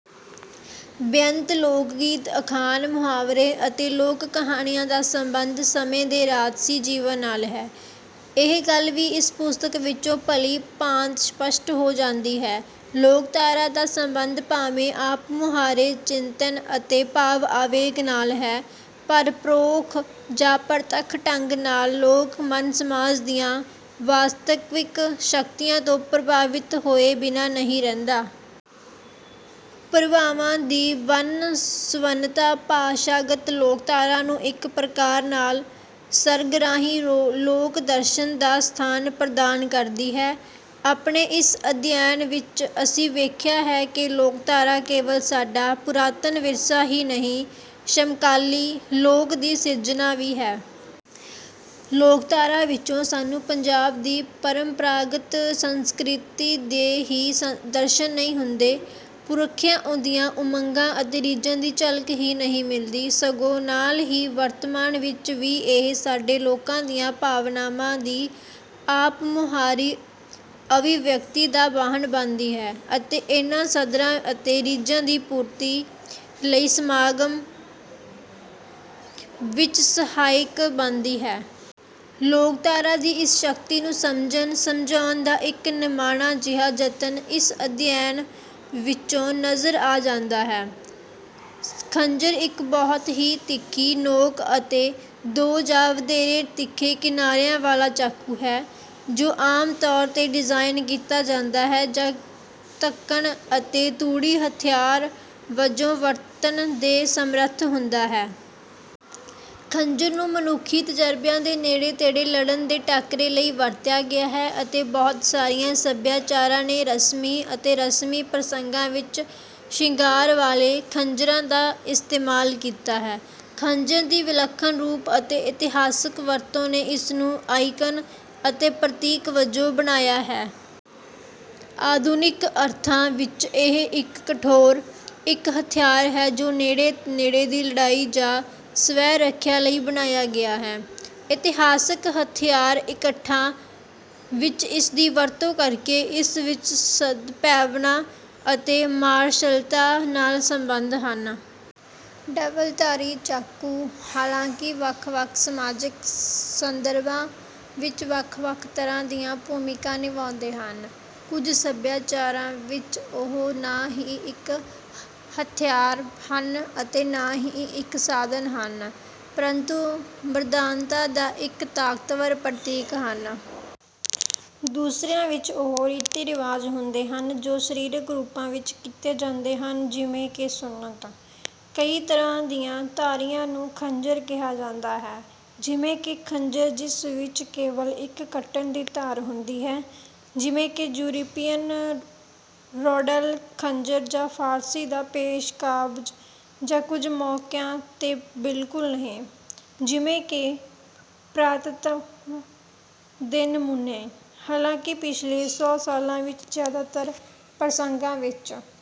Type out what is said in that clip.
ਬੇਅੰਤ ਲੋਕਗੀਤ, ਅਖਾਣ, ਮੁਹਾਵਰੇ ਅਤੇ ਲੋਕ-ਕਹਾਣੀਆਂ ਦਾ ਸਬੰਧ ਸਮੇਂ ਦੇ ਰਾਜਸੀ ਜੀਵਨ ਨਾਲ ਹੈ। ਇਹ ਗੱਲ ਵੀ ਇਸ ਪੁਸਤਕ ਵਿੱਚੋਂ ਭਲੀ-ਭਾਂਤ ਸਪਸ਼ਟ ਹੋ ਜਾਂਦੀ ਹੈ। ਲੋਕਧਾਰਾ ਦਾ ਸਬੰਧ ਭਾਵੇਂ ਆਪਮੁਹਾਰੇ ਚਿੰਤਨ ਅਤੇ ਭਾਵ-ਆਵੇਗ ਨਾਲ ਹੈ, ਪਰ ਪਰੋਖ ਜਾਂ ਪ੍ਰਤੱਖ ਢੰਗ ਨਾਲ ਲੋਕ-ਮਨ ਸਮਾਜ ਦੀਆਂ ਵਾਸਤਵਿਕ ਸ਼ਕਤੀਆਂ ਤੋਂ ਪ੍ਰਭਾਵਿਤ ਹੋਏ ਬਿਨਾਂ ਨਹੀਂ ਰਹਿੰਦਾ। ਪ੍ਰਭਾਵਾਂ ਦੀ ਵੰਨ-ਸੁਵੰਨਤਾ ਭਾਸ਼ਾਗਤ ਲੋਕਧਾਰਾ ਨੂੰ ਇੱਕ ਪ੍ਰਕਾਰ ਨਾਲ ਸਰਗਰਾਹੀ ਲੋਕ-ਦਰਸ਼ਨ ਦਾ ਸਥਾਨ ਪ੍ਰਦਾਨ ਕਰਦੀ ਹੈ। ਆਪਣੇ ਇਸ ਅਧਿਐਨ ਵਿੱਚ ਅਸੀਂ ਵੇਖਿਆ ਹੈ ਕਿ ਲੋਕਧਾਰਾ ਕੇਵਲ ਸਾਡਾ ਪੁਰਾਤਨ ਵਿਰਸਾ ਹੀ ਨਹੀਂ, ਸਮਕਾਲੀ 'ਲੋਕ' ਦੀ ਸਿਰਜਣਾ ਵੀ ਹੈ। ਲੋਕਧਾਰਾ ਵਿੱਚੋਂ ਸਾਨੂੰ ਪੰਜਾਬ ਦੀ ਪਰੰਪਰਾਗਤ ਸੰਸਕ੍ਰਿਤੀ ਦੇ ਹੀ ਦਰਸ਼ਨ ਨਹੀਂ ਹੁੰਦੇ, ਪੁਰਖਿਆਂ ਦੀਆਂ ਉਮੰਗਾਂ ਅਤੇ ਰੀਝਾਂ ਦੀ ਝਲਕ ਹੀ ਨਹੀਂ ਮਿਲਦੀ, ਸਗੋਂ ਨਾਲ ਹੀ ਵਰਤਮਾਨ ਵਿੱਚ ਵੀ ਇਹ ਸਾਡੇ ਲੋਕਾਂ ਦੀਆਂ ਭਾਵਨਾਵਾਂ ਦੀ ਆਪਮੁਹਾਰੀ ਅਭਿਵਿਅਕਤੀ ਦਾ ਵਾਹਨ ਬਣਦੀ ਹੈ ਅਤੇ ਇਹਨਾਂ ਸੱਧਰਾਂ ਅਤੇ ਰੀਝਾਂ ਦੀ ਪੂਰਤੀ ਲਈ ਸੰਗਰਾਮ ਵਿੱਚ ਸਹਾਇਕ ਬਣਦੀ ਹੈ। ਲੋਕਧਾਰਾ ਦੀ ਇਸ ਸ਼ਕਤੀ ਨੂੰ ਸਮਝਣ-ਸਮਝਾਉਣ ਦਾ ਇੱਕ ਨਿਮਾਣਾ ਜਿਹਾ ਜਤਨ ਇਸ ਅਧਿਐਨ ਵਿੱਚੋਂ ਨਜ਼ਰ ਆ ਜਾਂਦਾ ਹੈ। ਖੰਜਰ ਇੱਕ ਬਹੁਤ ਹੀ ਤਿੱਖੀ ਨੋਕ ਅਤੇ ਦੋ ਜਾਂ ਵਧੇਰੇ ਤਿੱਖੇ ਕਿਨਾਰਿਆਂ ਵਾਲਾ ਚਾਕੂ ਹੈ, ਜੋ ਆਮ ਤੌਰ 'ਤੇ ਡਿਜ਼ਾਈਨ ਕੀਤਾ ਜਾਂਦਾ ਹੈ ਜਾਂ ਧੱਕਣ ਅਤੇ ਤੂੜੀ ਹਥਿਆਰ ਵਜੋਂ ਵਰਤਣ ਦੇ ਸਮਰੱਥ ਹੁੰਦਾ ਹੈ। ਖੰਜਰ ਨੂੰ ਮਨੁੱਖੀ ਤਜ਼ਰਬਿਆਂ ਦੇ ਨੇੜੇ-ਤੇੜੇ ਲੜਨ ਦੇ ਟਾਕਰੇ ਲਈ ਵਰਤਿਆ ਗਿਆ ਹੈ, ਅਤੇ ਬਹੁਤ ਸਾਰੀਆਂ ਸਭਿਆਚਾਰਾਂ ਨੇ ਰਸਮੀ ਅਤੇ ਰਸਮੀ ਪ੍ਰਸੰਗਾਂ ਵਿੱਚ ਸ਼ਿੰਗਾਰ ਵਾਲੇ ਖੰਜਰਾਂ ਦਾ ਇਸਤੇਮਾਲ ਕੀਤਾ ਹੈ। ਖੰਜਰ ਦੀ ਵਿਲੱਖਣ ਰੂਪ ਅਤੇ ਇਤਿਹਾਸਕ ਵਰਤੋਂ ਨੇ ਇਸ ਨੂੰ ਆਈਕਨ ਅਤੇ ਪ੍ਰਤੀਕ ਵਜੋਂ ਬਣਾਇਆ ਹੈ। ਆਧੁਨਿਕ ਅਰਥਾਂ ਵਿੱਚ ਇਹ ਇੱਕ ਕਠੋਰ ਇੱਕ-ਹਥਿਆਰ ਹੈ ਜੋ ਨੇੜੇ-ਨੇੜੇ ਦੀ ਲੜਾਈ ਜਾਂ ਸਵੈ-ਰੱਖਿਆ ਲਈ ਬਣਾਇਆ ਗਿਆ ਹੈ। ਇਤਿਹਾਸਕ ਹਥਿਆਰ ਇਕੱਠਾਂ ਵਿੱਚ ਇਸਦੀ ਵਰਤੋਂ ਕਰਕੇ, ਇਸ ਵਿੱਚ ਸਦਭਾਵਨਾ ਅਤੇ ਮਾਰਸ਼ਲਤਾ ਨਾਲ ਸੰਬੰਧ ਹਨ। ਡਬਲ-ਧਾਰੀ ਚਾਕੂ, ਹਾਲਾਂਕਿ, ਵੱਖ-ਵੱਖ ਸਮਾਜਕ ਸੰਦਰਭਾਂ ਵਿੱਚ ਵੱਖ-ਵੱਖ ਤਰ੍ਹਾਂ ਦੀਆਂ ਭੂਮਿਕਾਵਾਂ ਨਿਭਾਉਂਦੇ ਹਨ। ਕੁਝ ਸੱਭਿਆਚਾਰਾਂ ਵਿੱਚ, ਉਹ ਨਾ ਹੀ ਇੱਕ ਹਥਿਆਰ ਹਨ ਅਤੇ ਨਾ ਹੀ ਇੱਕ ਸਾਧਨ ਹਨ, ਪਰੰਤੂ ਮਰਦਾਨਤਾ ਦਾ ਇੱਕ ਤਾਕਤਵਰ ਪ੍ਰਤੀਕ ਹਨ। ਦੂਸਰਿਆਂ ਵਿੱਚ ਉਹ ਰੀਤੀ-ਰਿਵਾਜ ਹੁੰਦੇ ਹਨ ਜੋ ਸਰੀਰਕ ਰੂਪਾਂ ਵਿੱਚ ਕੀਤੇ ਜਾਂਦੇ ਹਨ ਜਿਵੇਂ ਕਿ ਸੁੰਨਤ। ਕਈ ਤਰ੍ਹਾਂ ਦੀਆਂ ਧਾਰੀਆਂ ਨੂੰ ਖੰਜਰ ਕਿਹਾ ਜਾਂਦਾ ਹੈ, ਜਿਵੇਂ ਕਿ ਖੰਜਰ ਜਿਸ ਵਿੱਚ ਕੇਵਲ ਇੱਕ ਕੱਟਣ ਦੀ ਧਾਰ ਹੁੰਦੀ ਹੈ, ਜਿਵੇਂ ਕਿ ਯੂਰਪੀਅਨ ਰੋਂਡੈਲ ਖੰਜਰ ਜਾਂ ਫ਼ਾਰਸੀ ਦਾ ਪੇਸ਼-ਕਾਬਜ਼, ਜਾਂ ਕੁਝ ਮੌਕਿਆਂ 'ਤੇ, ਬਿਲਕੁਲ ਨਹੀਂ, ਜਿਵੇਂ ਕਿ ਪੁਰਾਤੱਤਵ ਦੇ ਨਮੂਨੇ। ਹਾਲਾਂਕਿ, ਪਿਛਲੇ ਸੌ ਸਾਲਾਂ ਵਿੱਚ ਜ਼ਿਆਦਾਤਰ ਪ੍ਰਸੰਗਾਂ ਵਿੱਚ,